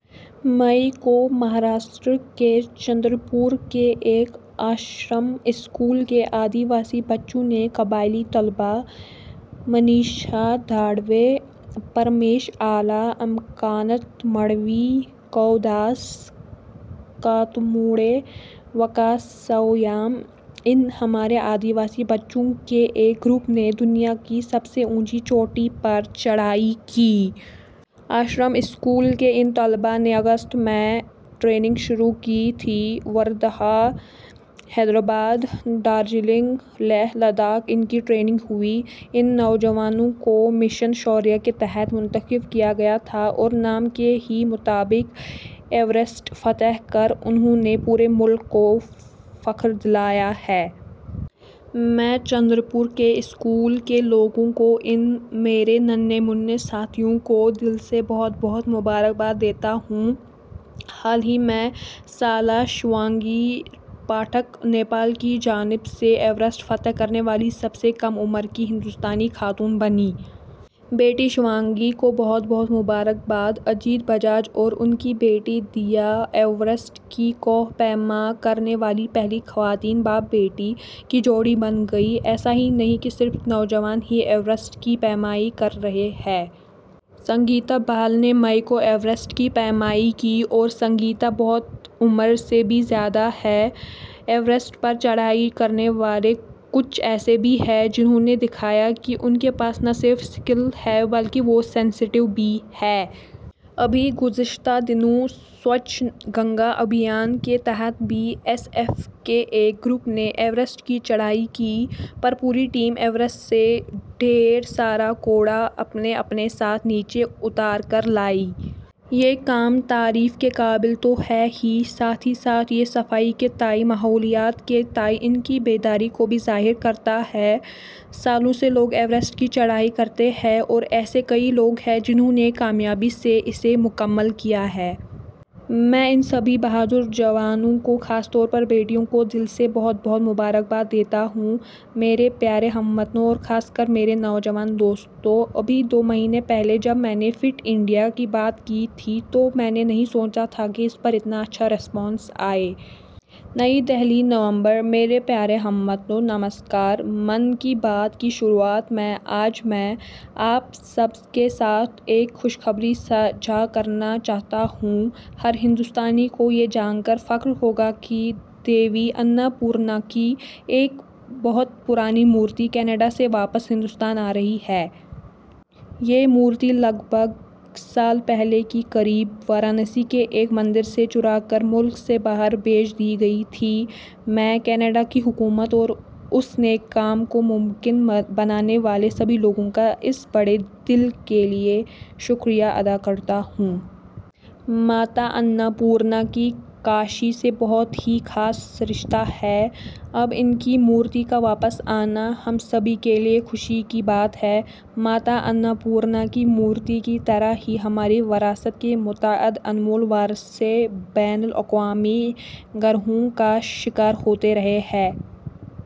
مئی کو مہاراشٹر کے چندر پور کے ایک آشرم- اسکول کے آدی واسی بچوں نے قبائلی طلبا – منیشا دھروے، پرمیش آلے، اماکانت مڈوی، کوی داس کاتموڑے، وکاس سویام – ان ہمارے آدی واسی بچوں کے ایک گروپ نے دنیا کی سب سے اونچی چوٹی پر چڑھائی کی۔ آشرم اسکول کے ان طلبا نے اگست میں ٹریننگ شروع کی تھی۔ وردھا، حیدرآباد، دارجلنگ، لیہہ ، لداخ – ان کی ٹریننگ ہوئی۔ ان نوجوانوںکو مشن شوریہ کے تحت منتخب کیا گیا تھا اور نام کے ہی مطابق ایوریسٹ فتح کر انہوں نے پورے ملک کو فخر دلایا ہے۔ میں چندر پور کے اسکول کے لوگوں کو ان میرے ننھے منھے ساتھیوں کو، دل سے بہت بہت مبارکباد دیتا ہوں۔ حال ہی میں سالہ شیوانگی پاٹھک ، نیپال کی جانب سے ایوریسٹ فتح کرنے والی سب سے کم عمر کی ہندوستانی خاتون بنی۔ بیٹی شیوانگی کو بہت بہت مبارکباد۔ اجیت بجاج اور ان کی بیٹی دیا ایوریسٹ کی کوہ پیما کرنے والی پہلی خواتین باپ بیٹی کی جوڑی بن گئی۔ ایسا ہی نہیں کہ صرف نوجوان ہی ایوریسٹ کی پیمائی کر رہے ہیں۔ سنگیتا بہل نے مئی کو ایوریسٹ کی پیمائی کی اور سنگیتا بہت کی عمر سے بھی زیادہ ہے۔ ایوریسٹ پر چڑھائی کرنے والے کچھ ایسے بھی ہیں، جنہوں نے دکھایا کہ ان کے پاس نہ صرف اسکیل ہے بلکہ وہ سینسٹیو بھی ہیں۔ ابھی گزشتہ دنوں سوچھ گنگا ابھیان کے تحت بی ایس ایف کے ایک گروپ نے ایوریسٹ کی چڑھائی کی، پر پوری ٹیم ایوریسٹ سے ڈھیر سارا کوڑا اپنے اپنے ساتھ نیچے اتار کر لائی۔ یہ کام تعریف کے قابل تو ہے ہی، ساتھ ہی ساتھ یہ صفائی کے تئیں، ماحولیات کے تئیں ان کی بیداری کو بھی ظاہر کرتا ہے۔ سالوں سے لوگ ایوریسٹ کی چڑھائی کرتے رہے ہیں اور ایسے کئی لوگ ہیں، جنہوں نے کامیابی سے اسے مکمل کیا ہے۔ میں ان سبھی بہادر جوانوں کو، خاص طور پر بیٹیوں کو دل سے بہت بہت مبارکباد دیتا ہوں۔ میرے پیوارے ہم وطنوں اور خاص کر میرے نوجوان دوستوں۔ ابھی دو مہینے پہلے جب میں نے فٹ انڈیا کی بات کی تھی تو میں نے نہیں سوچا تھا کہ اس پر اتنا اچھا رسپانس آئے. نئی دہلی: نومبر،: میرے پیارے ہم وطنو، نمسکار۔ 'من کی بات' کی شروعات میں آج میں، آپ سب کے ساتھ ایک خوشخبری ساجھا کرنا چاہتا ہوں۔ ہر ہندوستانی کو یہ جانکر فخر ہوگا کہ دیوی انّ پورناکی ایک بہت پرانی مورتی، کینیڈا سے واپس ہندوستان آرہی ہے۔ یہ مورتی لگ بھگ سال پہلے، کے قریب، وارانسی کے ایک مندر سے چرا کر ملک سے باہر بھیج دی گئی تھی۔ میں، کینیڈا کی حکومت اور اس نیک کام کو ممکن بنانے والے سبھی لوگوں کا اس بڑے دل کیلئے شکریہ ادا کرتا ہوں۔ ماتا انّ پورنا کا کاشی سے بہت ہی خاص رشتہ ہے۔ اب، ان کی مورتی کا واپس آنا، ہم سبھی کیلئے خوشی کی بات ہے۔ ماتا انّ پورنا کی مورتی کی طرح ہی ہماری وراثت کے متعدد انمول ورثے بین الاقوامی گروہوں کا شکار ہوتے رہے ہیں۔